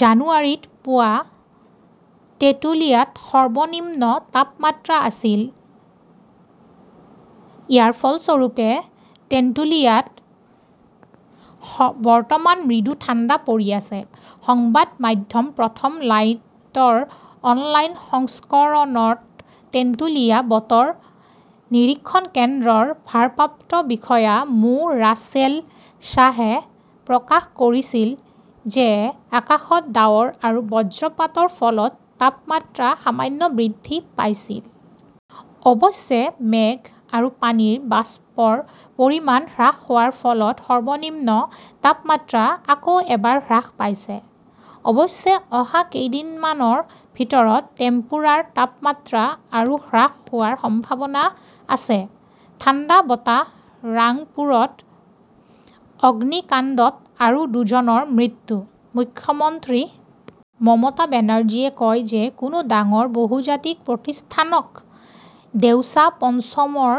জানুৱাৰীত পুৱা তেঁতুলিয়াত সৰ্বনিম্ন তাপমাত্ৰা আছিল । ইয়াৰ ফলস্বৰূপে, টেন্টুলিয়াত বৰ্তমান মৃদু ঠাণ্ডা পৰি আছে। সংবাদ মাধ্যম প্ৰথম লাইটৰ অনলাইন সংস্কৰণত টেন্টুলিয়া বতৰ নিৰীক্ষণ কেন্দ্ৰৰ ভাৰপ্ৰাপ্ত বিষয়া মো. ৰাছেল শ্বাহে প্ৰকাশ কৰিছিল যে আকাশত ডাৱৰ আৰু বজ্ৰপাতৰ ফলত তাপমাত্ৰা সামান্য বৃদ্ধি পাইছিল। অৱশ্যে, মেঘ আৰু পানীৰ বাষ্পৰ পৰিমাণ হ্ৰাস হোৱাৰ ফলত সৰ্বনিম্ন তাপমাত্ৰা আকৌ এবাৰ হ্ৰাস পাইছে। অৱশ্যে, অহা কেইদিনমানৰ ভিতৰত টেম্পুৰাৰ তাপমাত্ৰা আৰু হ্ৰাস হোৱাৰ সম্ভাৱনা আছে। ঠাণ্ডা বতাহ ৰাংপুৰত অগ্নিকাণ্ডত আৰু দুজনৰ মৃত্যু ।মুখ্যমন্ত্ৰী মমতা বেনাৰ্জীয়ে কয় যে কোনো ডাঙৰ বহুজাতিক প্ৰতিষ্ঠানক দেউচা-পঞ্চমৰ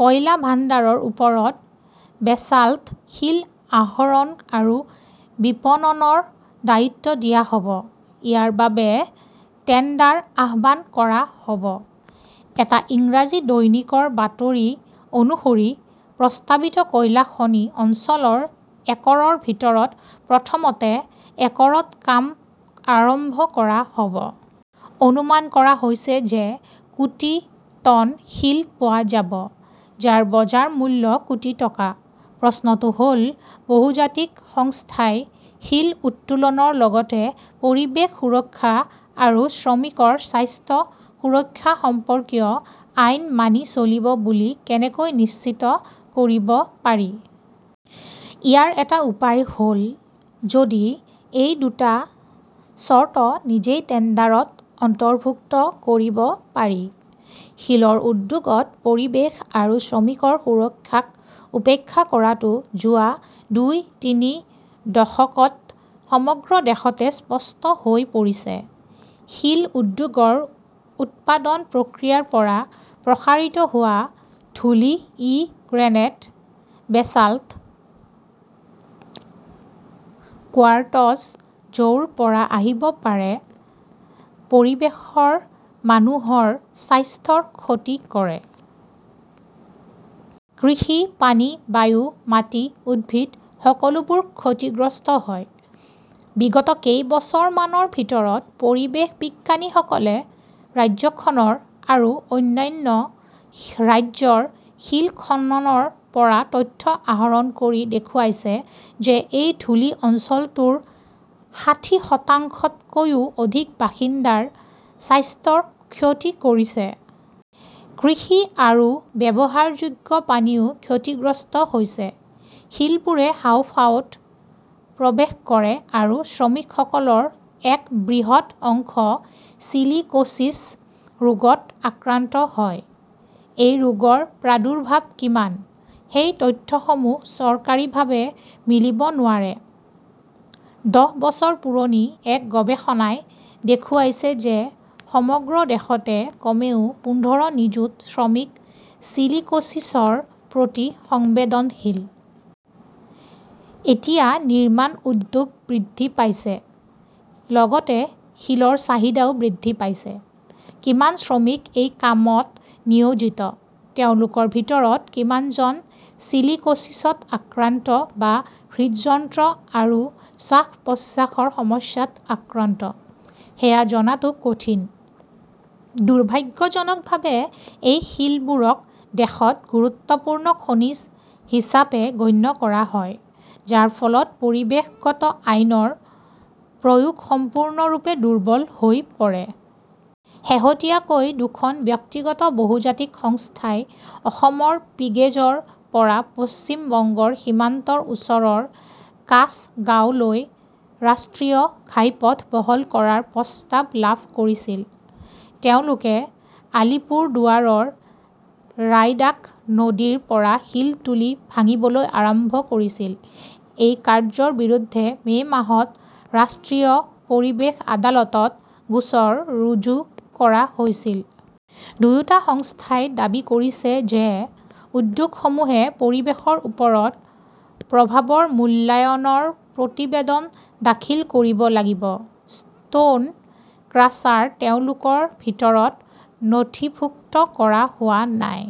কয়লা ভাণ্ডাৰৰ ওপৰত বেচাল্ট শিল আহৰণ আৰু বিপণনৰ দায়িত্ব দিয়া হ 'ব। ইয়াৰ বাবে টেণ্ডাৰ আহ্বান কৰা হ'ব। এটা ইংৰাজী দৈনিকৰ বাতৰি অনুসৰি, প্ৰস্তাৱিত কয়লা খনি অঞ্চলৰ একৰৰ ভিতৰত প্ৰথমতে একৰত কাম আৰম্ভ কৰা হ'ব। অনুমান কৰা হৈছে যে কোটি টন শিল পোৱা যাব, যাৰ বজাৰ মূল্য কোটি টকা। প্ৰশ্নটো হ 'ল, বহুজাতিক সংস্থাই শিল উত্তোলনৰ লগতে পৰিৱেশ সুৰক্ষা আৰু শ্ৰমিকৰ স্বাস্থ্য সুৰক্ষা সম্পৰ্কীয় আইন মানি চলিব বুলি কেনেকৈ নিশ্চিত কৰিব পাৰি? ইয়াৰ এটা উপায় হ'ল, যদি এই দুটা চৰ্ত নিজেই টেণ্ডাৰত অন্তৰ্ভুক্ত কৰিব পাৰি। শিলৰ উদ্যোগত পৰিৱেশ আৰু শ্ৰমিকৰ সুৰক্ষাক উপেক্ষা কৰাটো যোৱা দুই-তিনি দশকত সমগ্ৰ দেশতে স্পষ্ট হৈ পৰিছে। শিল উদ্যোগৰ উৎপাদন প্ৰক্ৰিয়াৰ পৰা প্ৰসাৰিত হোৱা ধূলি-ই গ্ৰেনেট, বেচাল্ট, কোৱাৰ্টজ য 'ৰ পৰা আহিব পাৰে-পৰিৱেশৰ মানুহৰ স্বাস্থ্যৰ ক্ষতি কৰে। কৃষি, পানী, বায়ু, মাটি, উদ্ভিদ, সকলোবোৰ ক্ষতিগ্ৰস্ত হয়। বিগত কেইবছৰমানৰ ভিতৰত পৰিৱেশবিজ্ঞানীসকলে ৰাজ্যখনৰ আৰু অন্যান্য ৰাজ্যৰ শিল খননৰ পৰা তথ্য আহৰণ কৰি দেখুৱাইছে যে এই ধূলি অঞ্চলটোৰ ষাঠি শতাংশতকৈও অধিক বাসিন্দাৰ স্বাস্থ্যৰ ক্ষতি কৰিছে। কৃষি আৰু ব্যৱহাৰযোগ্য পানীও ক্ষতিগ্ৰস্ত হৈছে। শিলবোৰে হাঁওফাঁওত প্ৰৱেশ কৰে আৰু শ্ৰমিকসকলৰ এক বৃহৎ অংশ চিলিকোছিছ ৰোগত আক্ৰান্ত হয়। এই ৰোগৰ প্ৰাদুৰ্ভাৱ কিমান, সেই তথ্যসমূহ চৰকাৰীভাৱে মিলিব নোৱাৰে। দহ বছৰ পুৰণি এক গৱেষণাই দেখুৱাইছে যে সমগ্ৰ দেশতে কমেও পোন্ধৰ নিযুত শ্ৰমিক চিলিকোছিছৰ প্ৰতি সংবেদনশীল। এতিয়া নিৰ্মাণ উদ্যোগ বৃদ্ধি পাইছে লগতে শিলৰ চাহিদাও বৃদ্ধি পাইছে। কিমান শ্ৰমিক এই কামত নিয়োজিত, তেওঁলোকৰ ভিতৰত কিমানজন চিলিকোচিছত আক্ৰান্ত বা হৃদযন্ত্ৰ আৰু শ্বাস-প্ৰশ্বাসৰ সমস্যাত আক্ৰান্ত, সেয়া জনাটো কঠিন। দুৰ্ভাগ্যজনকভাৱে, এই শিলবোৰক দেশত গুৰুত্বপূৰ্ণ খনিজ হিচাপে গণ্য কৰা হয়, যাৰ ফলত পৰিৱেশগত আইনৰ প্ৰয়োগ সম্পূৰ্ণৰূপে দুৰ্বল হৈ পৰে। শেহতীয়াকৈ দুখন ব্যক্তিগত বহুজাতিক সংস্থাই অসমৰ পিগেজৰ পৰা পশ্চিম বংগৰ সীমান্তৰ ওচৰৰ কাছগাঁওলৈ ৰাষ্ট্ৰীয় ঘাইপথ বহল কৰাৰ প্ৰস্তাৱ লাভ কৰিছিল। তেওঁলোকে আলীপুৰদুৱাৰৰ ৰায়ডাক নদীৰ পৰা শিল তুলি ভাঙিবলৈ আৰম্ভ কৰিছিল। এই কাৰ্য্যৰ বিৰুদ্ধে মে মাহত ৰাষ্ট্ৰীয় পৰিৱেশ আদালতত গোচৰ ৰুজু কৰা হৈছিল। দুয়োটা সংস্থাই দাবী কৰিছে যে, উদ্যোগসমূহে পৰিৱেশৰ ওপৰত প্ৰভাৱৰ মূল্যায়নৰ প্ৰতিবেদন দাখিল কৰিব লাগিব, ষ্টোন ক্ৰাছাৰ তেওঁলোকৰ ভিতৰত নথিভুক্ত কৰা হোৱা নাই।